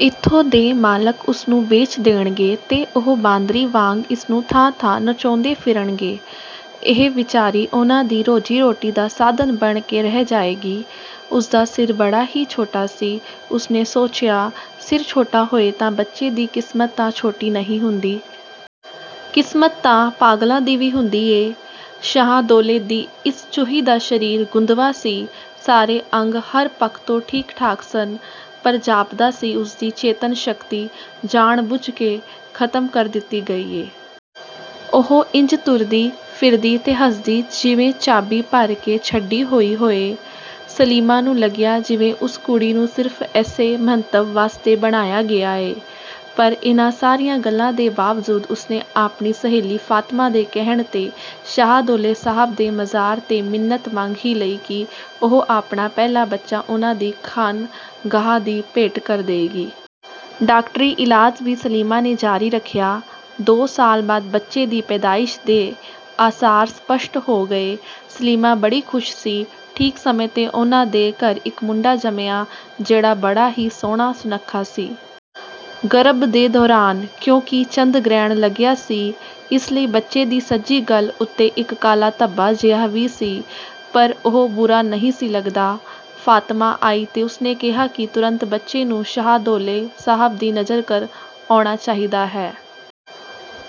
ਇੱਥੋਂ ਦੇ ਮਾਲਕ ਉਸਨੂੰ ਵੇਚ ਦੇਣਗੇ ਤੇ ਉਹ ਬਾਂਦਰੀ ਵਾਂਗ ਇਸਨੂੰ ਥਾਂ-ਥਾਂ ਨਚਾਉਂਦੇ ਫਿਰਨਗੇ। ਇਹ ਵਿਚਾਰੀ ਉਹਨਾਂ ਦੀ ਰੋਜੀ-ਰੋਟੀ ਦਾ ਸਾਧਨ ਬਣ ਕੇ ਰਹਿ ਜਾਏਗੀ। ਉਸਦਾ ਸਿਰ ਬੜਾ ਹੀ ਛੋਟਾ ਸੀ। ਉਸਨੇ ਸੋਚਿਆ, ਸਿਰ ਛੋਟਾ ਹੋਏ ਤਾਂ ਬੱਚੇ ਦੀ ਕਿਸਮਤ ਤਾਂ ਛੋਟੀ ਨਹੀਂ ਹੁੰਦੀ। ਕਿਸਮਤ ਤਾਂ ਪਾਗਲਾਂ ਦੀ ਵੀ ਹੁੰਦੀ ਏ। ਸ਼ਾਹਦੌਲੇ ਦੀ ਇਸ ਚੂਹੀ ਦਾ ਸਰੀਰ ਗੁੰਦਵਾਂ ਸੀ। ਸਾਰੇ ਅੰਗ ਹਰ ਪੱਖ ਤੋਂ ਠੀਕ-ਠਾਕ ਸਨ, ਪਰ ਜਾਪਦਾ ਸੀ ਉਸਦੀ ਚੇਤਨ-ਸ਼ਕਤੀ ਜਾਣ ਬੁੱਝ ਕੇ ਖਤਮ ਕਰ ਦਿੱਤੀ ਗਈ ਏ। ਉਹ ਇੰਜ ਤੁਰਦੀ, ਫਿਰਦੀ ਤੇ ਹੱਸਦੀ ਜਿਵੇਂ ਚਾਬੀ ਭਰ ਕੇ ਛੱਡੀ ਹੋਈ ਹੋਏ। ਸਲੀਮਾ ਨੂੰ ਲੱਗਿਆ ਜਿਵੇਂ ਉਸ ਕੁੜੀ ਨੂੰ ਸਿਰਫ ਏਸੇ ਮੰਤਵ ਵਾਸਤੇ ਬਣਾਇਆ ਗਿਆ ਏ। ਪਰ ਇਹਨਾਂ ਸਾਰੀਆਂ ਗੱਲਾਂ ਦੇ ਬਾਵਜੂਦ ਉਸਨੇ ਆਪਣੀ ਸਹੇਲੀ ਫਾਤਮਾ ਦੇ ਕਹਿਣ ਤੇ ਸ਼ਹਦੌਲੇ ਸਾਹਬ ਦੇ ਮਜਾਰ ਤੇ ਮਿੰਨਤ ਮੰਗ ਹੀ ਲਈ ਕਿ ਉਹ ਆਪਣਾ ਪਹਿਲਾ ਬੱਚਾ ਉਹਨਾਂ ਦੀ ਖਾਨਗਾਹ ਦੀ ਭੇਂਟ ਕਰ ਦਏਗੀ। ਡਾਕਟਰੀ ਇਲਾਜ਼ ਵੀ ਸਲੀਮਾ ਨੇ ਜਾਰੀ ਰੱਖਿਆ। ਦੋ ਸਾਲ ਬਾਅਦ ਬੱਚੇ ਦੀ ਪੈਦਾਇਸ਼ ਦੇ ਆਸਾਰ ਸਪਸ਼ਟ ਹੋ ਗਏ। ਸਲੀਮਾ ਬੜੀ ਖੁਸ਼ ਸੀ। ਠੀਕ ਸਮੇਂ ਤੇ ਉਹਨਾਂ ਦੇ ਘਰ ਇਕ ਮੁੰਡਾ ਜੰਮਿਆਂ, ਜਿਹੜਾ ਬੜਾ ਹੀ ਸੋਹਣਾ-ਸੁੱਨਖਾ ਸੀ। ਗਰਭ ਦੇ ਦੌਰਾਨ ਕਿਉਂਕਿ ਚੰਦ ਗ੍ਰਹਿਣ ਲੱਗਿਆ ਸੀ, ਇਸ ਲਈ ਬੱਚੇ ਦੀ ਸੱਜੀ ਗੱਲ੍ਹ ਉੱਤੇ ਇਕ ਕਾਲਾ ਧੱਬਾ ਜਿਹਾ ਵੀ ਸੀ, ਪਰ ਉਹ ਬੁਰਾ ਨਹੀਂ ਸੀ ਲੱਗਦਾ। ਫਾਤਮਾ ਆਈ ਤੇ ਉਸਨੇ ਕਿਹਾ ਕਿ 'ਤੁਰੰਤ ਬੱਚੇ ਨੂੰ ਸ਼ਾਹਦੌਲੇ ਸਾਹਬ ਦੀ ਨਜ਼ਰ ਕਰ ਆਉਣਾ ਚਾਹੀਦਾ ਹੈ।'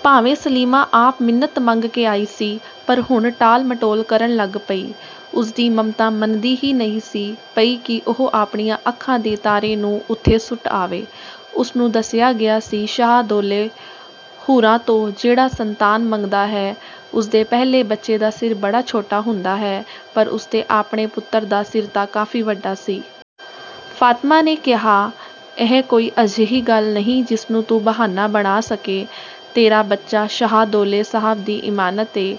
ਭਾਵੇਂ ਸਲੀਮਾ ਆਪ ਮਿੰਨਤ ਮੰਗ ਕੇ ਆਈ ਸੀ, ਪਰ ਹੁਣ ਟਾਲ-ਮਟੋਲ ਕਰਨ ਲੱਗ ਪਈ। ਉਸਦੀ ਮਮਤਾ ਮੰਨਦੀ ਹੀ ਨਹੀਂ ਸੀ ਪਈ ਕਿ ਉਹ ਆਪਣੀਆਂ ਅੱਖਾਂ ਦੇ ਤਾਰੇ ਨੂੰ ਉੱਥੇ ਸੁੱਟ ਆਵੇ। ਉਸਨੂੰ ਦੱਸਿਆ ਗਿਆ ਸੀ, ਸ਼ਾਹਦੌਲੇ ਹੁਰਾਂ ਤੋਂ ਜਿਹੜਾ ਸੰਤਾਨ ਮੰਗਦਾ ਹੈ, ਉਸਦੇ ਪਹਿਲੇ ਬੱਚੇ ਦਾ ਸਿਰ ਬੜਾ ਛੋਟਾ ਹੁੰਦਾ ਹੈ, ਪਰ ਉਸਦੇ ਆਪਣੇ ਪੁੱਤਰ ਦਾ ਸਿਰ ਤਾਂ ਕਾਫੀ ਵੱਡਾ ਸੀ। ਫਾਤਮਾ ਨੇ ਕਿਹਾ, "ਇਹ ਕੋਈ ਅਜਿਹੀ ਗੱਲ ਨਹੀਂ ਜਿਸਨੂੰ ਤੂੰ ਬਹਾਨਾ ਬਣਾ ਸਕੇਂ। ਤੇਰਾ ਬੱਚਾ ਸ਼ਾਹਦੌਲੇ ਸਾਹਬ ਦੀ ਇਮਾਨਤ ਏ।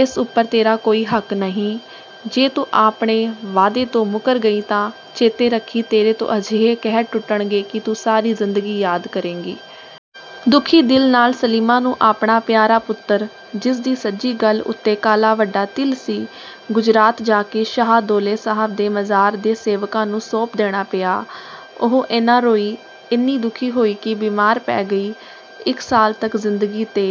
ਏਸ ਉਪਰ ਤੇਰਾ ਕੋਈ ਹੱਕ ਨਹੀਂ। ਜੇ ਤੂੰ ਆਪਣੇ ਵਾਅਦੇ ਤੋਂ ਮੁੱਕਰ ਗਈ ਤਾਂ ਚੇਤੇ ਰੱਖੀਂ ਤੇਰੇ ਤੇ ਅਜਿਹੇ ਕਹਿਰ ਟੁੱਟਣਗੇ ਕਿ ਤੂੰ ਸਾਰੀ ਜ਼ਿੰਦਗੀ ਯਾਦ ਕਰੇਂਗੀ।" ਦੁਖੀ ਦਿਲ ਨਾਲ ਸਲੀਮਾ ਨੂੰ ਆਪਣਾ ਪਿਆਰਾ ਪੁੱਤਰ, ਜਿਸਦੀ ਸੱਜੀ ਗੱਲ੍ਹ ਉੱਤੇ ਕਾਲਾ ਵੱਡਾ ਤਿਲ ਸੀ, ਗੁਜਰਾਤ ਜਾ ਕੇ ਸ਼ਾਹਦੌਲੇ ਸਾਹਬ ਦੇ ਮਜ਼ਾਰ ਦੇ ਸੇਵਕਾਂ ਨੂੰ ਸੌਂਪ ਦੇਣਾ ਪਿਆ। ਉਹ ਏਨਾ ਰੋਈ, ਏਨੀ ਦੁਖੀ ਹੋਈ ਕਿ ਬੀਮਾਰ ਪੈ ਗਈ। ਇਕ ਸਾਲ ਤਕ ਜ਼ਿੰਦਗੀ ਤੇ